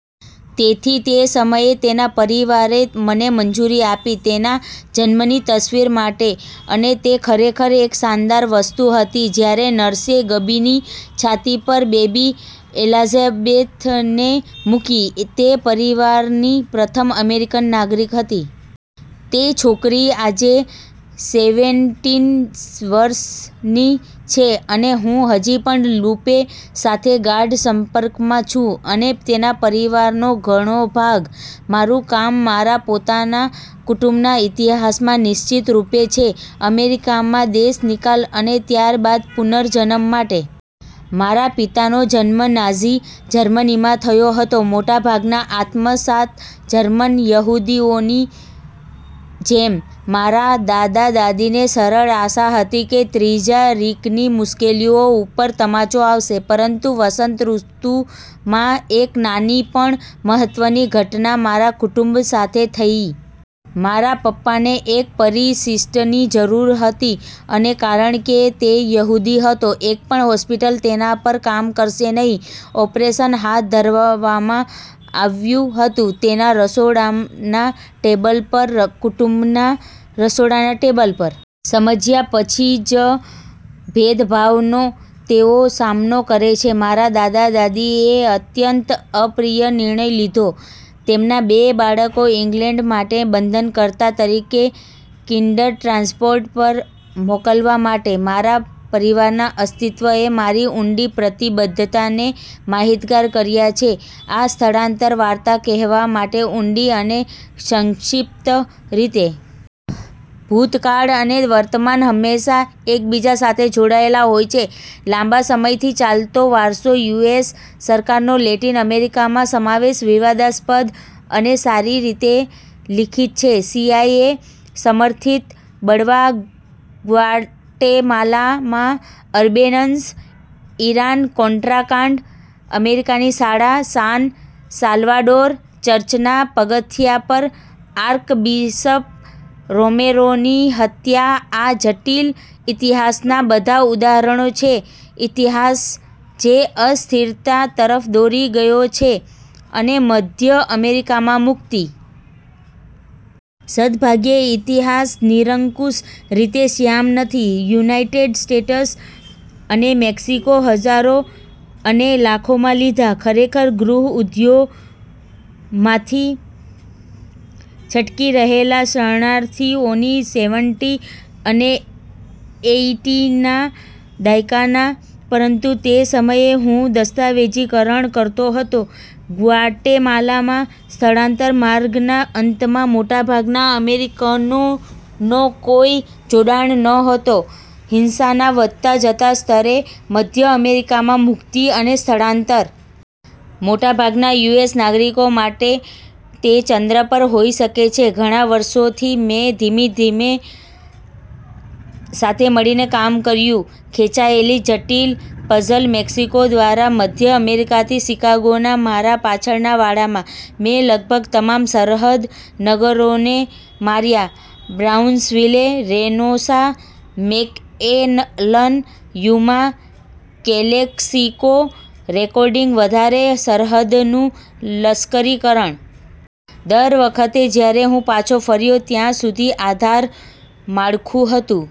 તેથી તે સમયે તેના પરિવારે મને મંજૂરી આપી તેના જન્મની તસ્વીર માટે અને તે ખરેખર એક શાનદાર વસ્તુ હતી જ્યારે નર્સે ગબીની છાતી પર બેબી એલિઝાબેથને મૂકી. તે પરિવારની પ્રથમ અમેરિકન નાગરિક હતી. તે છોકરી આજે સેવેનટીન વર્ષની છે અને હું હજી પણ લુપે સાથે ગાઢ સંપર્કમાં છું અને તેના પરિવારનો ઘણો ભાગ. મારું કામ મારા પોતાના કુટુંબના ઇતિહાસમાં નિશ્ચિતરૂપે છે અમેરિકામાં દેશનિકાલ અને ત્યારબાદ પુનર્જન્મ માટે. મારા પિતાનો જન્મ નાઝી જર્મનીમાં થયો હતો. મોટાભાગના આત્મસાત જર્મન યહૂદીઓની જેમ, મારા દાદા દાદીને સરળ આશા હતી કે ત્રીજા રીકની મુશ્કેલીઓ ઉપર તમાચો આવશે. પરંતુ વસંત ઋતુમાં એક નાની પણ મહત્વની ઘટના મારા કુટુંબ સાથે થયી. મારા પપ્પાને એક પરિશિષ્ટની જરૂર હતી અને કારણ કે તે યહૂદી હતો, એક પણ હોસ્પિટલ તેના પર કામ કરશે નહીં. ઓપરેશન હાથ ધરવામાં આવ્યું હતું તેના રસોડાના ટેબલ પર, કુટુંબના રસોડાના ટેબલ પર. સમજ્યા પછી જ ભેદભાવનો તેઓ સામનો કરે છે, મારા દાદા દાદી એ અત્યંત અપ્રિય નિર્ણય લીધો તેમના બે બાળકો ઇંગ્લેન્ડ માટે બંધનકર્તા તરીકે કિન્ડરટ્રાન્સપોર્ટ પર મોકલવા માટે. મારા પરિવારના અસ્તિત્વ એ મારી ઊંડી પ્રતિબદ્ધતાને માહિતગાર કર્યા છે આ સ્થળાંતર વાર્તા કહેવા માટે ઊંડી અને સંક્ષિપ્ત રીતે. ભૂતકાળ અને વર્તમાન હંમેશાં એકબીજા સાથે જોડાયેલા હોય છે. લાંબા સમયથી ચાલતો વારસો યુ.એસ સરકારનો લેટિન અમેરિકામાં સમાવેશ વિવાદસ્પદ અને સારી રીતે લિખિત છે. સીઆઈએ સમર્થિત બળવા ગ્વાટેમાલામાં અર્બેન્સ, ઈરાન-કોન્ટ્રા કાંડ, અમેરિકાની શાળા, સાન સાલ્વાડોર ચર્ચના પગથિયા પર આર્કબિશપ રોમેરોની હત્યા આ જટિલ ઇતિહાસના બધા ઉદાહરણો છે, ઇતિહાસ જે અસ્થિરતા તરફ દોરી ગયો છે અને મધ્ય અમેરિકામાં મુક્તિ. સદભાગ્યે, ઇતિહાસ નિરંકુશ રીતે શ્યામ નથી. યુનાઇટેડ સ્ટેટ્સ અને મેક્સિકો હજારો અને લાખોમાં લીધા. ખરેખર, ગૃહ યુદ્ધોમાંથી છટકી રહેલા શરણાર્થીઓની સેવેનટી અને એઈટીના દાયકાના પરંતુ તે સમયે હું દસ્તાવેજીકરણ કરતો હતો ગ્વાટેમાલામાં સ્થળાંતર માર્ગના અંતમાં, મોટાભાગના અમેરિકનોનો કોઈ જોડાણ નહોતો હિંસાના વધતા જતા સ્તરે, મધ્ય અમેરિકામાં મુક્તિ અને સ્થળાંતર. મોટાભાગના યુએસ નાગરિકો માટે તે ચંદ્ર પણ હોઈ શકે છે. ઘણા વર્ષોથી મેં ધીમે ધીમે સાથે મળીને કામ કર્યું ખેંચાયેલી જટિલ પઝલ મેક્સિકો દ્વારા મધ્ય અમેરિકાથી શિકાગોના મારા પાછળના વાડામાં. મેં લગભગ તમામ સરહદ નગરોને માર્યા Brownsville, Reynosa, McAllen, Yuma, Calexico recording વધારે સરહદનું લશ્કરીકરણ. દરેક વખતે જ્યારે હું પાછો ફર્યો, ત્યાં વધુ આધાર માળખું હતું.